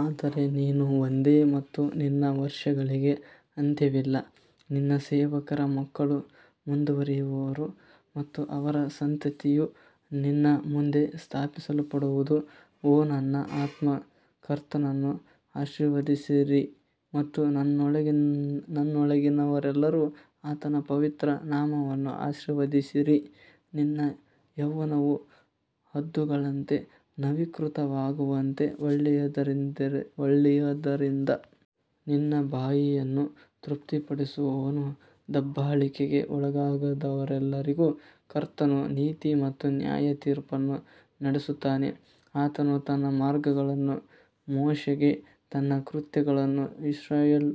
ಆದರೆ ನೀನು ಒಂದೇ ಮತ್ತು ನಿನ್ನ ವರ್ಷಗಳಿಗೆ ಅಂತ್ಯವಿಲ್ಲ ನಿನ್ನ ಸೇವಕರ ಮಕ್ಕಳು ಮುಂದುವರಿಯುವರು ಮತ್ತು ಅವರ ಸಂತತಿಯು ನಿನ್ನ ಮುಂದೆ ಸ್ಥಾಪಿಸಲ್ಪಡುವದು ಓ ನನ್ನ ಆತ್ಮ ಕರ್ತನನ್ನು ಆಶೀರ್ವದಿಸಿರಿ ಮತ್ತು ನನ್ನೊಳಗಿನವರೆಲ್ಲರೂ ಆತನ ಪವಿತ್ರ ನಾಮವನ್ನು ಆಶೀರ್ವದಿಸಿರಿ ನಿನ್ನ ಯೌವನವು ಹದ್ದುಗಳಂತೆ ನವೀಕೃತವಾಗುವಂತೆ ಒಳ್ಳೆಯದರಿಂದ ನಿನ್ನ ಬಾಯಿಯನ್ನು ತೃಪ್ತಿಪಡಿಸುವವನು ದಬ್ಬಾಳಿಕೆಗೆ ಒಳಗಾದವರೆಲ್ಲರಿಗೂ ಕರ್ತನು ನೀತಿ ಮತ್ತು ನ್ಯಾಯತೀರ್ಪನ್ನು ನಡೆಸುತ್ತಾನೆ ಆತನು ತನ್ನ ಮಾರ್ಗಗಳನ್ನು ಮೋಶೆಗೆ ತನ್ನ ಕೃತ್ಯಗಳನ್ನು ಇಸ್ರಾಯೇಲ್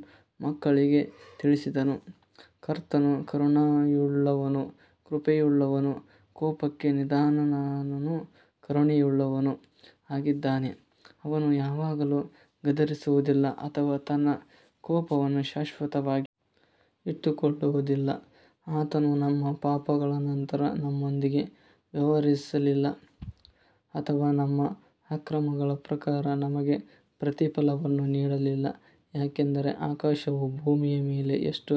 ಮಕ್ಕಳಿಗೆ ತಿಳಿಸಿದನು ಕರ್ತನು ಕರುಣೆಯುಳ್ಳವನೂ ಕೃಪೆಯುಳ್ಳವನೂ ಕೋಪಕ್ಕೆ ನಿಧಾನನೂ ಕರುಣೆಯುಳ್ಳವನೂ ಆಗಿದ್ದಾನೆ ಅವನು ಯಾವಾಗಲೂ ಗದರಿಸುವುದಿಲ್ಲ ಅಥವಾ ತನ್ನ ಕೋಪವನ್ನು ಶಾಶ್ವತವಾಗಿ ಇಟ್ಟುಕೊಳ್ಳುವುದಿಲ್ಲ ಆತನು ನಮ್ಮ ಪಾಪಗಳ ನಂತರ ನಮ್ಮೊಂದಿಗೆ ವ್ಯವಹರಿಸಲಿಲ್ಲ ಅಥವಾ ನಮ್ಮ ಅಕ್ರಮಗಳ ಪ್ರಕಾರ ನಮಗೆ ಪ್ರತಿಫಲವನ್ನು ನೀಡಲಿಲ್ಲ ಯಾಕಂದರೆ ಆಕಾಶವು ಭೂಮಿಯ ಮೇಲೆ ಎಷ್ಟು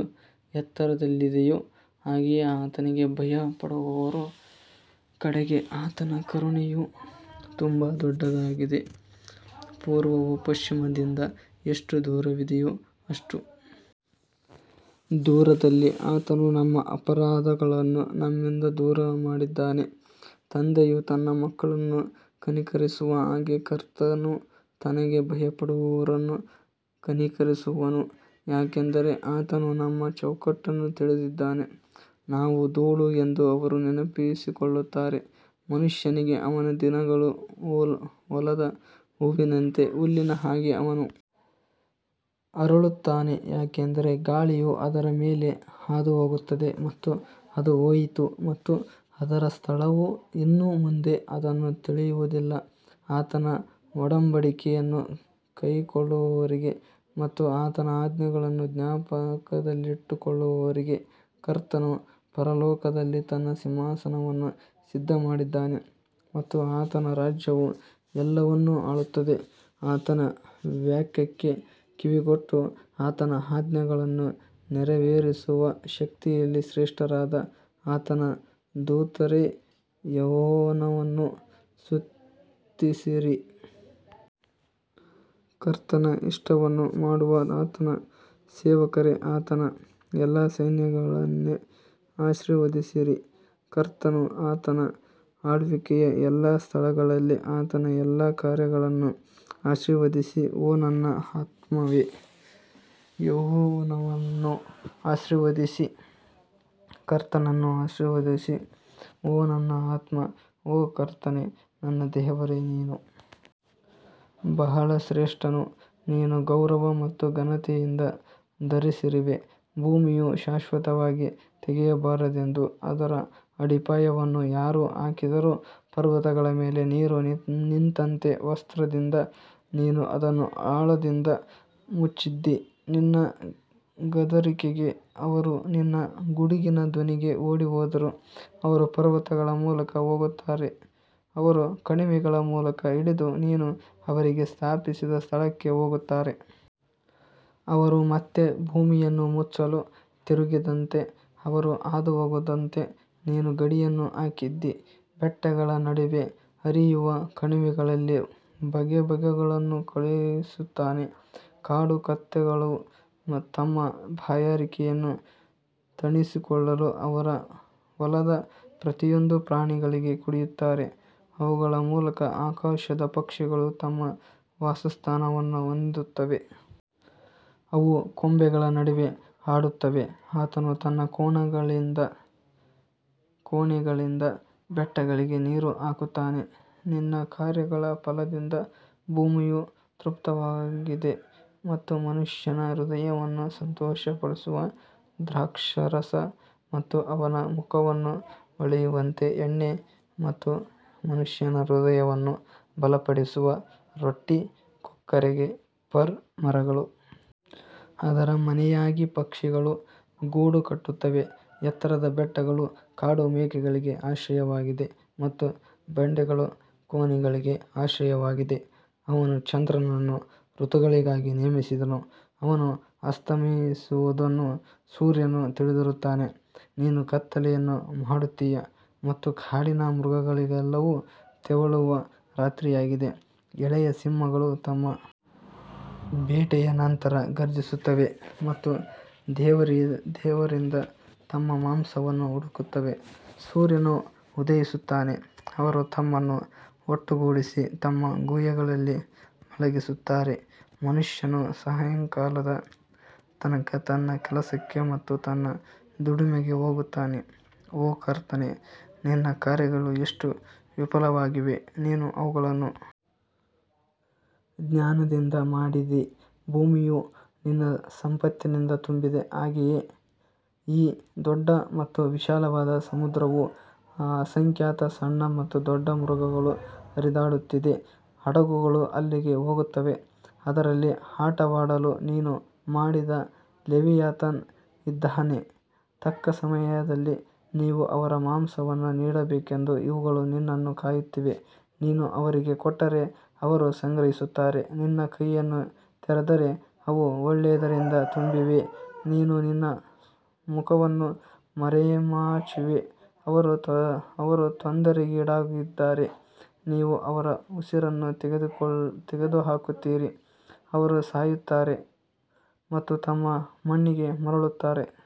ಎತ್ತರದಲ್ಲಿದೆಯೋ ಹಾಗೆಯೇ ಆತನಿಗೆ ಭಯಪಡುವವರ ಕಡೆಗೆ ಆತನ ಕರುಣೆಯು ತುಂಬಾ ದೊಡ್ಡದಾಗಿದೆ ಪೂರ್ವವು ಪಶ್ಚಿಮದಿಂದ ಎಷ್ಟು ದೂರವಿದೆಯೋ ಅಷ್ಟು ದೂರದಲ್ಲಿ ಆತನು ನಮ್ಮ ಅಪರಾಧಗಳನ್ನು ನಮ್ಮಿಂದ ದೂರಮಾಡಿದ್ದಾನೆ ತಂದೆಯು ತನ್ನ ಮಕ್ಕಳನ್ನು ಕನಿಕರಿಸುವ ಹಾಗೆ ಕರ್ತನು ತನಗೆ ಭಯಪಡುವವರನ್ನು ಕನಿಕರಿಸುವನು ಯಾಕಂದರೆ ಆತನು ನಮ್ಮ ಚೌಕಟ್ಟನ್ನು ತಿಳಿದಿದ್ದಾನೆ ನಾವು ಧೂಳು ಎಂದು ಅವರು ನೆನಪಿಸಿಕೊಳ್ಳುತ್ತಾರೆ ಮನುಷ್ಯನಿಗೆ ಅವನ ದಿನಗಳು ಹೊಲದ ಹೂವಿನಂತೆ ಹುಲ್ಲಿನ ಹಾಗೆ ಅವನು ಅರಳುತ್ತಾನೆ ಯಾಕಂದರೆ ಗಾಳಿಯು ಅದರ ಮೇಲೆ ಹಾದುಹೋಗುತ್ತದೆ ಮತ್ತು ಅದು ಹೋಯಿತು ಮತ್ತು ಅದರ ಸ್ಥಳವು ಇನ್ನು ಮುಂದೆ ಅದನ್ನು ತಿಳಿಯುವುದಿಲ್ಲ ಆತನ ಒಡಂಬಡಿಕೆಯನ್ನು ಕೈಕೊಳ್ಳುವವರಿಗೆ ಮತ್ತು ಆತನ ಆಜ್ಞೆಗಳನ್ನು ಜ್ಞಾಪಕದಲ್ಲಿಟ್ಟುಕೊಳ್ಳುವವರಿಗೆ ಕರ್ತನು ಪರಲೋಕದಲ್ಲಿ ತನ್ನ ಸಿಂಹಾಸನವನ್ನು ಸಿದ್ಧಮಾಡಿದ್ದಾನೆ ಮತ್ತು ಆತನ ರಾಜ್ಯವು ಎಲ್ಲವನ್ನು ಆಳುತ್ತದೆ ಆತನ ವಾಕ್ಯಕ್ಕೆ ಕಿವಿಗೊಟ್ಟು ಆತನ ಆಜ್ಞೆಗಳನ್ನು ನೆರವೇರಿಸುವ ಶಕ್ತಿಯಲ್ಲಿ ಶ್ರೇಷ್ಠರಾದ ಆತನ ದೂತರೇ, ಯೆಹೋವನನ್ನು ಸ್ತುತಿಸಿರಿ. ಕರ್ತನ ಇಷ್ಟವನ್ನು ಮಾಡುವ ಆತನ ಸೇವಕರೇ, ಆತನ ಎಲ್ಲಾ ಸೈನ್ಯಗಳನ್ನೇ ಆಶೀರ್ವದಿಸಿರಿ ಕರ್ತನು ಆತನ ಆಳ್ವಿಕೆಯ ಎಲ್ಲಾ ಸ್ಥಳಗಳಲ್ಲಿ ಆತನ ಎಲ್ಲಾ ಕಾರ್ಯಗಳನ್ನು ಆಶೀರ್ವದಿಸಿ ಓ ನನ್ನ ಆತ್ಮವೇ ಯೆಹೋವನನ್ನು ಆಶೀರ್ವದಿಸಿ ಕರ್ತನನ್ನು ಆಶೀರ್ವದಿಸಿ ಓ ನನ್ನ ಆತ್ಮ ಓ ಕರ್ತನೇ ನನ್ನ ದೇವರೇ ನೀನು ಬಹಳ ಶ್ರೇಷ್ಠನು ನೀನು ಗೌರವ ಮತ್ತು ಘನತೆಯಿಂದ ಧರಿಸಿರುವೆ ಭೂಮಿಯು ಶಾಶ್ವತವಾಗಿ ತೆಗೆಯಬಾರದೆಂದು ಅದರ ಅಡಿಪಾಯವನ್ನು ಯಾರು ಹಾಕಿದರು ಪರ್ವತಗಳ ಮೇಲೆ ನೀರು ನಿಂತಂತೆ ವಸ್ತ್ರದಿಂದ ನೀನು ಅದನ್ನು ಆಳದಿಂದ ಮುಚ್ಚಿದ್ದೀ ನಿನ್ನ ಗದರಿಕೆಗೆ ಅವರು ನಿನ್ನ ಗುಡುಗಿನ ಧ್ವನಿಗೆ ಓಡಿಹೋದರು ಅವರು ಪರ್ವತಗಳ ಮೂಲಕ ಹೋಗುತ್ತಾರೆ, ಅವರು ಕಣಿವೆಗಳ ಮೂಲಕ ಇಳಿದು ನೀನು ಅವರಿಗೆ ಸ್ಥಾಪಿಸಿದ ಸ್ಥಳಕ್ಕೆ ಹೋಗುತ್ತಾರೆ. ಅವರು ಮತ್ತೆ ಭೂಮಿಯನ್ನು ಮುಚ್ಚಲು ತಿರುಗದಂತೆ ಅವರು ಹಾದುಹೋಗದಂತೆ ನೀನು ಗಡಿಯನ್ನು ಹಾಕಿದ್ದೀ ಬೆಟ್ಟಗಳ ನಡುವೆ ಹರಿಯುವ ಕಣಿವೆಗಳಲ್ಲಿ ಬುಗ್ಗೆಗಳನ್ನು ಕಳುಹಿಸುತ್ತಾನೆ ಕಾಡು ಕತ್ತೆಗಳು ತಮ್ಮ ಬಾಯಾರಿಕೆಯನ್ನು ತಣಿಸಿಕೊಳ್ಳಲು ಅವರು ಹೊಲದ ಪ್ರತಿಯೊಂದು ಪ್ರಾಣಿಗಳಿಗೆ ಕುಡಿಯುತ್ತಾರೆ ಅವುಗಳ ಮೂಲಕ ಆಕಾಶದ ಪಕ್ಷಿಗಳು ತಮ್ಮ ವಾಸಸ್ಥಾನವನ್ನು ಹೊಂದುತ್ತವೆ, ಅವು ಕೊಂಬೆಗಳ ನಡುವೆ ಹಾಡುತ್ತವೆ ಆತನು ತನ್ನ ಕೋಣೆಗಳಿಂದ ಬೆಟ್ಟಗಳಿಗೆ ನೀರು ಹಾಕುತ್ತಾನೆ, ನಿನ್ನ ಕಾರ್ಯಗಳ ಫಲದಿಂದ ಭೂಮಿಯು ತೃಪ್ತವಾಗಿದೆ ಮತ್ತು ಮನುಷ್ಯನ ಹೃದಯವನ್ನು ಸಂತೋಷಪಡಿಸುವ ದ್ರಾಕ್ಷಾರಸ ಮತ್ತು ಅವನ ಮುಖವನ್ನು ಹೊಳೆಯುವಂತೆ ಎಣ್ಣೆ ಮತ್ತು ಮನುಷ್ಯನ ಹೃದಯವನ್ನು ಬಲಪಡಿಸುವ ರೊಟ್ಟಿ ಕೊಕ್ಕರೆಗೆ ಫರ್ ಮರಗಳು ಅದರ ಮನೆಯಾಗಿ ಪಕ್ಷಿಗಳು ಗೂಡು ಕಟ್ಟುತ್ತವೆ ಎತ್ತರದ ಬೆಟ್ಟಗಳು ಕಾಡು ಮೇಕೆಗಳಿಗೆ ಆಶ್ರಯವಾಗಿದೆ ಮತ್ತು ಬಂಡೆಗಳು ಕೋನಿಗಳಿಗೆ ಆಶ್ರಯವಾಗಿದೆ ಅವನು ಚಂದ್ರನನ್ನು ಋತುಗಳಿಗಾಗಿ ನೇಮಿಸಿದನು, ಅವನು ಅಸ್ತಮಿಸುವುದನ್ನು ಸೂರ್ಯನು ತಿಳಿದಿರುತ್ತಾನೆ ನೀನು ಕತ್ತಲೆಯನ್ನು ಮಾಡುತ್ತೀಯ ಮತ್ತು ಕಾಡಿನ ಮೃಗಗಳೆಲ್ಲವೂ ತೆವಳುವ ರಾತ್ರಿಯಾಗಿದೆ ಎಳೆಯ ಸಿಂಹಗಳು ತಮ್ಮ ಬೇಟೆಯ ನಂತರ ಘರ್ಜಿಸುತ್ತವೆ ಮತ್ತು ದೇವರಿಂದ ತಮ್ಮ ಮಾಂಸವನ್ನು ಹುಡುಕುತ್ತವೆ ಸೂರ್ಯನು ಉದಯಿಸುತ್ತಾನೆ, ಅವರು ತಮ್ಮನ್ನು ಒಟ್ಟುಗೂಡಿಸಿ ತಮ್ಮ ಗುಹೆಗಳಲ್ಲಿ ಮಲಗಿಸುತ್ತಾರೆ ಮನುಷ್ಯನು ಸಾಯಂಕಾಲದ ತನಕ ತನ್ನ ಕೆಲಸಕ್ಕೆ ಮತ್ತು ತನ್ನ ದುಡಿಮೆಗೆ ಹೋಗುತ್ತಾನೆ ಓ ಕರ್ತನೇ, ನಿನ್ನ ಕಾರ್ಯಗಳು ಎಷ್ಟು ವಿಪುಲವಾಗಿವೆ, ನೀನು ಅವುಗಳನ್ನು ಜ್ಞಾನದಿಂದ ಮಾಡಿದಿ, ಭೂಮಿಯು ನಿನ್ನ ಸಂಪತ್ತಿನಿಂದ ತುಂಬಿದೆ ಹಾಗೆಯೇ ಈ ದೊಡ್ಡ ಮತ್ತು ವಿಶಾಲವಾದ ಸಮುದ್ರವು ಅಸಂಖ್ಯಾತ ಸಣ್ಣ ಮತ್ತು ದೊಡ್ಡ ಮೃಗಗಳು ಹರಿದಾಡುತ್ತಿದೆ ಹಡಗುಗಳು ಅಲ್ಲಿಗೆ ಹೋಗುತ್ತವೆ, ಅದರಲ್ಲಿ ಆಟವಾಡಲು ನೀನು ಮಾಡಿದ ಲೆವಿಯಾಥನ್ ಇದ್ದಾನೆ ತಕ್ಕ ಸಮಯದಲ್ಲಿ ನೀವು ಅವರ ಮಾಂಸವನ್ನು ನೀಡಬೇಕೆಂದು ಇವುಗಳು ನಿನ್ನನ್ನು ಕಾಯುತ್ತಿವೆ ನೀನು ಅವರಿಗೆ ಕೊಟ್ಟರೆ ಅವರು ಸಂಗ್ರಹಿಸುತ್ತಾರೆ ನಿನ್ನ ಕೈಯನ್ನು ತೆರೆದರೆ ಅವು ಒಳ್ಳೆಯದರಿಂದ ತುಂಬಿವೆ ನೀನು ನಿನ್ನ ಮುಖವನ್ನು ಮರೆಮಾಚುವೆ ಅವರು ತೊಂದರೆಗೀಡಾಗಿದ್ದಾರೆ ನೀವು ಅವರ ಉಸಿರನ್ನು ತೆಗೆದುಹಾಕುತ್ತೀರಿ ಅವರು ಸಾಯುತ್ತಾರೆ ಮತ್ತು ತಮ್ಮ ಮಣ್ಣಿಗೆ ಮರಳುತ್ತಾರೆ.